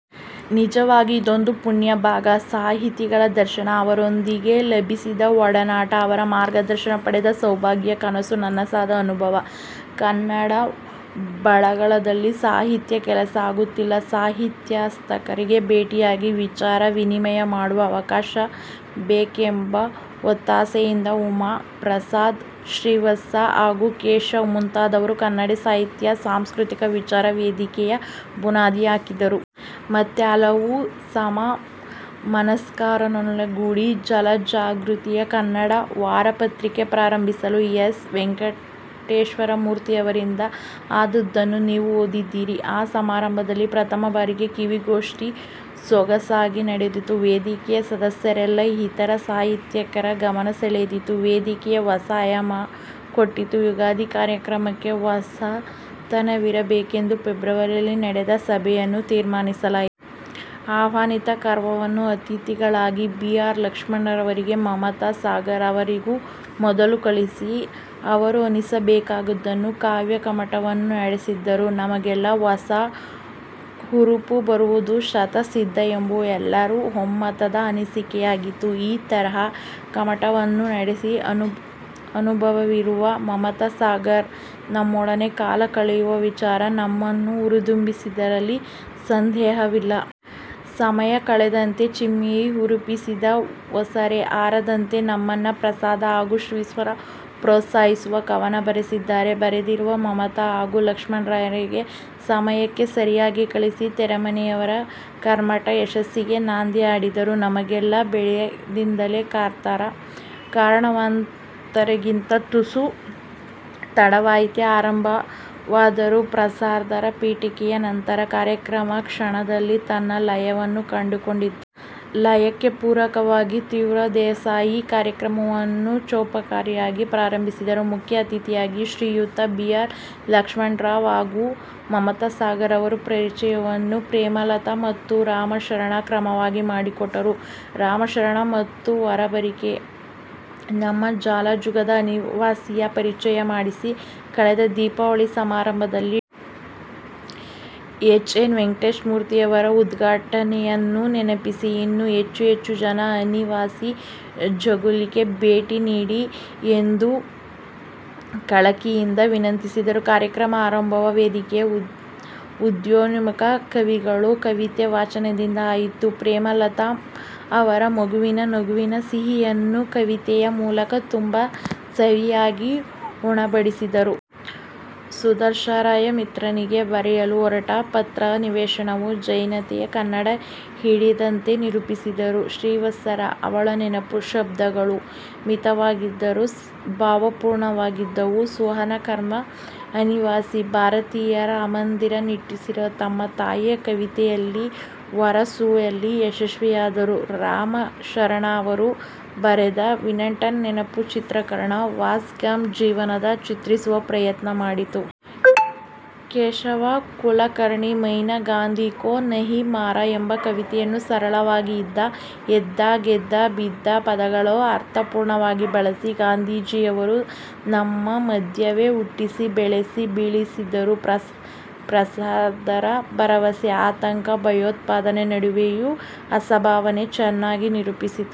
ನಿಜವಾಗಿಯೂ ಇದೊಂದು ಪುಣ್ಯ, ಭಾಗ್ಯ. ಸಾಹಿತಿಗಳ ದರ್ಶನ, ಅವರೊಂದಿಗೆ ಲಭಿಸಿದ ಒಡನಾಟ, ಅವರ ಮಾರ್ಗದರ್ಶನ ಪಡೆಯುವ ಸೌಭಾಗ್ಯ ಕನಸು ನನಸಾದ ಅನುಭವ. ಕನ್ನಡ ಬಳಗದಲ್ಲಿ ಸಾಹಿತ್ಯದ ಕೆಲಸ ಆಗುತ್ತಿಲ್ಲ, ಸಾಹಿತ್ಯಾಸಕ್ತರಿಗೆ ಭೇಟಿಯಾಗಿ, ವಿಚಾರ ವಿನಿಮಯ ಮಾಡುವ ಅವಕಾಶ ಬೇಕೆಂಬ ಒತ್ತಾಸೆಯಿಂದ ಉಮಾ, ಪ್ರಸಾದ್, ಶ್ರೀವತ್ಸ ಹಾಗೂ ಕೇಶವ್ ಮುಂದಾದರು; ಕನ್ನಡ ಸಾಹಿತ್ಯ, ಸಾಂಸ್ಕೃತಿಕ, ವಿಚಾರ ವೇದಿಕೆಗೆ ಬುನಾದಿ ಹಾಕಿದರು. ಮತ್ತೆ ಹಲವು ಸಮ ಮನಸ್ಕರನ್ನೊಡಗೂಡಿ ಜಾಲಜಗುಲಿಯಲ್ಲಿ ಕನ್ನಡ ವಾರಪತ್ರಿಕೆ ಪ್ರಾರಂಭವಾಯಿತು. ಎಸ್. ವೆಂಕಟೇಶಮೂರ್ತಿಯವರಿಂದ ಆದದ್ದನ್ನು ನೀವು ಓದಿದ್ದೀರ. ಆ ಸಮಾರಂಭದಲ್ಲಿ ಪ್ರಥಮ ಬಾರಿಗೆ ಕವಿ ಗೋಷ್ಠಿ ಸೊಗಸಾಗಿ ನಡೆದು, ವೇದಿಕೆಯ ಸದಸ್ಯರಲ್ಲದೇ, ಇತರ ಸಾಹಿತ್ಯಾಸಕ್ತರ ಗಮನ ಸೆಳೆಯಿತು; ವೇದಿಕೆಗೆ ಹೊಸ ಆಯಾಮ ಕೊಟ್ಟಿತು. ಯುಗಾದಿ ಕಾರ್ಯಕ್ರಮಕ್ಕೆ ಹೊಸತನವಿರಬೇಕೆಂದು ಫೆಬ್ರವರಿಯಲ್ಲಿ ನಡೆದ ಸಭೆಯಲ್ಲಿ ತೀರ್ಮಾನಿಸಲಾಯಿತು. ಆಹ್ವಾನಿತ ಕವನಗಳನ್ನು ಅತಿಥಿಗಳಾದ ಬಿ. ಆರ್. ಲಕ್ಷ್ಮಣರಾಯರಿಗೂ, ಮಮತಾ ಸಾಗರ್ ಅವರಿಗೂ ಮೊದಲೇ ಕಳಿಸಿ, ಅವರ ಅನಿಸಿಕೆಗಳನ್ನೂ, ಕಾವ್ಯ ಕಮ್ಮಟವನ್ನೂ ನಡೆಸಿದರೆ, ನಮಗೆಲ್ಲ ಹೊಸ ಹುರುಪು ಬರುವುದು ಶತಃಸಿದ್ಧ ಎಂಬುದು ಎಲ್ಲರ ಒಮ್ಮತದ ಅನಿಸಿಕೆಯಾಗಿತ್ತು. ಈ ತರಹದ ಕಮ್ಮಟಗಳನ್ನು ನಡೆಸಿ ಅನುಭವವಿರುವ ಮಮತಾ ಸಾಗರ್ ನಮ್ಮೊಡನೆ ಕಾಲ ಕಳೆಯುವ ವಿಚಾರ ನಮ್ಮನ್ನು ಹುರಿದುಂಬಿಸಿದ್ದರಲ್ಲಿ ಸಂದೇಹವಿಲ್ಲ. ಸಮಯ ಕಳೆದಂತೆ, ಚಿಮ್ಮಿದ ಹುರುಪಿನ ಒಸರೆ ಆರದಂತೆ ನಮ್ಮನ್ನೆಲ್ಲ ಪ್ರಸಾದ್ ಹಾಗೂ ಶ್ರೀವತ್ಸ ಪ್ರೋತ್ಸಾಹಿಸುತ್ತ ಕವನ ಬರೆಸಿದರು. ಬರೆದಿದ್ದನ್ನು ಮಮತಾ ಹಾಗೂ ಲಕ್ಷ್ಮಣರಾಯರಿಗೆ ಸಮಯಕ್ಕೆ ಸರಿಯಾಗಿ ಕಳಿಸಿ, ತೆರೆಮರೆಯಲ್ಲಿ ಕಮ್ಮಟದ ಯಶಸ್ಸಿಗೆ ನಾಂದಿ ಹಾಡಿದರು. ನಮಗೆಲ್ಲ ಬೆಳಗಿನಿಂದಲೇ ಕಾತರ. ಕಾರಣಾಂತರಗಳಿಂದ ತುಸು ತಡವಾಗಿಯೇ ಆರಂಭವಾದರೂ, ಪ್ರಸಾದರ ಪೀಠಿಕೆಯ ನಂತರ ಕಾರ್ಯಕ್ರಮವು ಕ್ಷಣಾರ್ಧದಲ್ಲಿ ತನ್ನ ಲಯವನ್ನು ಕಂಡುಕೊಂಡಿತು. ಲಯಕ್ಕೆ ಪೂರಕವಾಗಿ ಶ್ರೀವತ್ಸ ದೇಸಾಯಿ ಕಾರ್ಯಕ್ರಮವನ್ನು ಔಪಚಾರಿಕವಾಗಿ ಪ್ರಾರಂಭಿಸಿದರು. ಮುಖ್ಯ ಅತಿಥಿಗಳಾದ ಶ್ರೀಯುತ ಬಿ. ಆರ್. ಲಕ್ಷ್ಮಣರಾವ್ ಹಾಗೂ ಡಾ. ಮಮತಾ ಸಾಗರ ಅವರ ಪರಿಚಯವನ್ನು ಪ್ರೇಮಲತಾ ಮತ್ತು ರಾಮಶರಣ ಕ್ರಮವಾಗಿ ಮಾಡಿಕೊಟ್ಟರು. ರಾಮಶರಣ ಅವರು ಹೊಸಬರಿಗೆ ನಮ್ಮ ಜಾಲಜಗುಲಿ "ಅನಿವಾಸಿ"ಯ ಪರಿಚಯ ಮಾಡಿಸಿ ಕಳೆದ ದೀಪಾವಳಿ ಸಮಾರಂಭದಲ್ಲಿ ಡಾ. ಹೆಚ್ ಎಸ್ ವೆಂಕಟೇಶ ಮೂರ್ತಿಯವರಿಂದ ಉದ್ಘಾಟನೆಯಾದದ್ದನ್ನು ನೆನಪಿಸಿ, ಇನ್ನೂ ಹೆಚ್ಚು ಹೆಚ್ಚು ಜನ "ಅನಿವಾಸಿ" ಜಗುಲಿಗೆ ಭೇಟಿ ನೀಡಿ ಎಂದು ಕಳಕಳಿಯಿಂದ ವಿನಂತಿಸಿದರು. ಕಾರ್ಯಕ್ರಮದ ಆರಂಭವು ವೇದಿಕೆಯ ಉದಯೋನ್ಮುಖ ಕವಿಗಳ ಕವಿತೆ ವಾಚನದಿಂದ ಆಯಿತು. ಪ್ರೇಮಲತಾ ಅವರು ಮಗುವಿನ ನಗುವಿನ ಸಿಹಿಯನ್ನು ಕವಿತೆಯ ಮೂಲಕ ತುಂಬಾ ಸವಿಯಾಗಿ ಉಣಬಡಿಸಿದರು. ಸುದರ್ಶನರಾಯರು ಮಿತ್ರನಿಗೆ ಬರೆಯಲು ಹೊರಟ ಪತ್ರದ ಸನ್ನಿವೇಶವನ್ನು ನೈಜತೆಗೆ ಕನ್ನಡಿ ಹಿಡಿದಂತೆ ನಿರೂಪಿಸಿದರು. ಶ್ರೀವತ್ಸರ 'ಅವಳ ನೆನಪು', ಶಬ್ದಗಳು ಮಿತವಾಗಿದ್ದರೂ ಭಾವಪೂರ್ಣವಾಗಿದ್ದವು. ಸುಹಾಸ ಕರ್ವೆ ಅನಿವಾಸಿ ಭಾರತೀಯರ ಅಮ್ಮಂದಿರ ನಿಟ್ಟುಸಿರನ್ನು ತಮ್ಮ 'ತಾಯಿ' ಕವಿತೆಯಲ್ಲಿ ಹೊರಸೂಸುವಲ್ಲಿ ಯಶಸ್ವಿಯಾದರು. ರಾಮಶರಣ ಅವರು ಬರೆದ 'ವಿನ್ಸೆಂಟನ ನೆನಪು' ಚಿತ್ರಕಾರ ವ್ಯಾನ್ ಗಾಘ್ ನ ಜೀವನವನ್ನು ಚಿತ್ರಿಸುವ ಪ್ರಯತ್ನ ಮಾಡಿತು. ಕೇಶವ ಕುಲಕರ್ಣಿ 'ಮೈನೆ ಗಾಂಧಿ ಕೊ ನಹೀ ಮಾರಾ' ಎಂಬ ಕವಿತೆಯಲ್ಲಿ ಸರಳವಾಗಿ 'ಇದ್ದ, ಎದ್ದ, ಗೆದ್ದ, ಬಿದ್ದ' ಪದಗಳನ್ನು ಅರ್ಥಪೂರ್ಣವಾಗಿ ಬಳಸಿ, ಗಾಂಧೀಜಿಯವರನ್ನು ನಮ್ಮ ಮಧ್ಯವೇ ಹುಟ್ಟಿಸಿ, ಬೆಳೆಸಿ, ಬೀಳಿಸಿದರು. ಪ್ರಸಾದರ 'ಭರವಸೆ' – ಆತಂಕ, ಭಯೋತ್ಪಾದನೆ ನಡುವೆಯೂ ಆಶಾಭಾವನೆಯನ್ನು ಚೆನ್ನಾಗಿ ನಿರೂಪಿಸಿತು.